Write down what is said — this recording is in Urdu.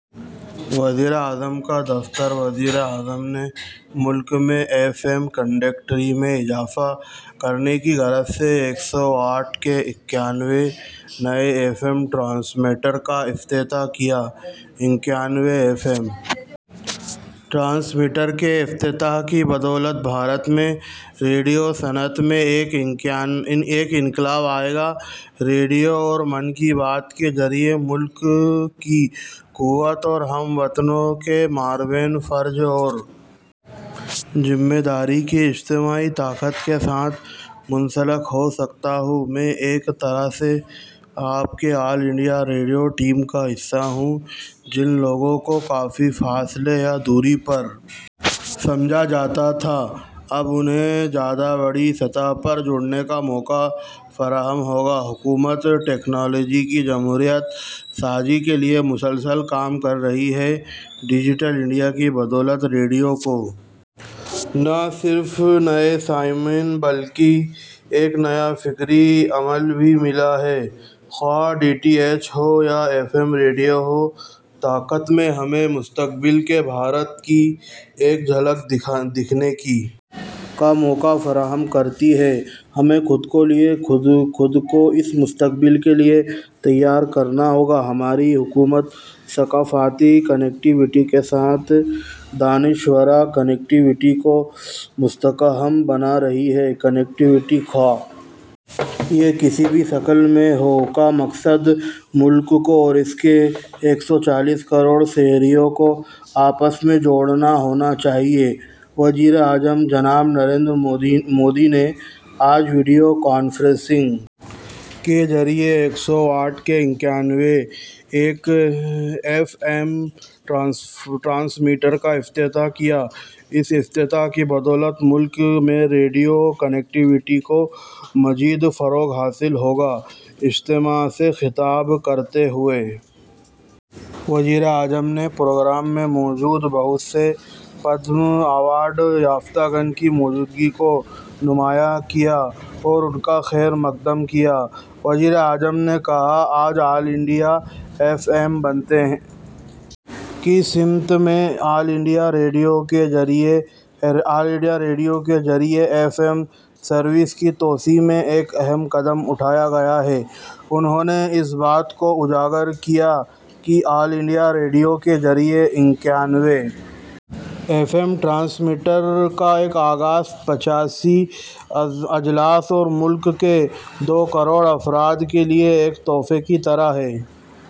وزیر اعظم کا دفتر وزیر اعظم نے ملک میں ایف ایم کنیکٹیویٹی میں اضافہ کرنے کی غرض سے ایک سو واٹس کے اکانوے نئے ایف ایم ٹرانسمیٹرس کا افتتاح کیا اکانوے ایف ایم ٹرانسمیٹرس کے افتتاح کی بدولت بھارت میں ریڈیو صنعت میں ایک انقلاب آ جائے گا ریڈیو اور من کی بات کے ذریعہ میں ملک کی قوت اور ہم وطنوں کے مابین فرض اور ذمہ داری کی اجتماعی طاقت کے ساتھ منسلک ہو سکتا ہوں میں ایک طرح سے آپ کے آل انڈیا ریڈیو کی ٹیم کا حصہ ہوں جن لوگوں کو کافی فاصلے یا دوری پر سمجھا جاتا تھا اب انہیں زیادہ بڑی سطح پر جڑنے کا موقع فراہم ہو گا حکومت ٹیکنالوجی کی جمہوریت سازی کے لیے مسلسل کام کر رہی ہے ڈیجیٹل انڈیا کی بدولت ریڈیو کو نہ صرف نئے سامعین بلکہ ایک نیا فکری عمل بھی ملا ہے خواہ یہ ڈی ٹی ایچ ہو یا ایف ایم ریڈیو ہو یہ طاقت ہمیں مستقبل کے بھارت کی ایک جھلک دیکھنے کا موقع فراہم کرتی ہے ہمیں خود کو اس مستقبل کے لیے تیار کرنا ہو گا ہماری حکومت ثقافتی کنیکٹیویٹی کے ساتھ ساتھ دانشورانہ کنیکٹیویٹی کو بھی مستحکم بنا رہی ہے کنیکٹیویٹی خواہ یہ کسی بھی شکل میں ہو کا مقصد ملک کو اور اس کے ایک سو چالیس کروڑ شہریوں کو آپس میں جوڑنا ہونا چاہیے وزیر اعظم جناب نریندر مودی نے آج ویڈیو کانفرنسنگ کے ذریعہ ایک سو واٹس کے اکانوے نئے ایف ایم ٹرانسمیٹرس کا افتتاح کیا اس افتتاح کی بدولت ملک میں ریڈیو کنیکٹیویٹی کو مزید فروغ حاصل ہو گا اجتماع سے خطاب کرتے ہوئے وزیر اعظم نے پروگرام میں موجود بہت سے پدم ایوارڈ یافتگان کی موجودگی کو نمایاں کیا اور ان کا خیر مقدم کیا وزیر اعظم نے کہا کہ آج آل انڈیا ایف ایم بننے کی سمت آل انڈیا ریڈیو کے ذریعہ ایف ایم سروسز کی توسیع میں ایک اہم قدم اٹھایا گیا ہے انہوں نے اس بات کو اجاگر کیا کہ آل انڈیا ریڈیو کے ذریعہ اکانوے ایف ایم ٹرانسمیٹرس کا آغاز پچاسی اضلاع اور ملک کے دو کروڑ افراد کے لیے ایک تحفے کی طرح ہے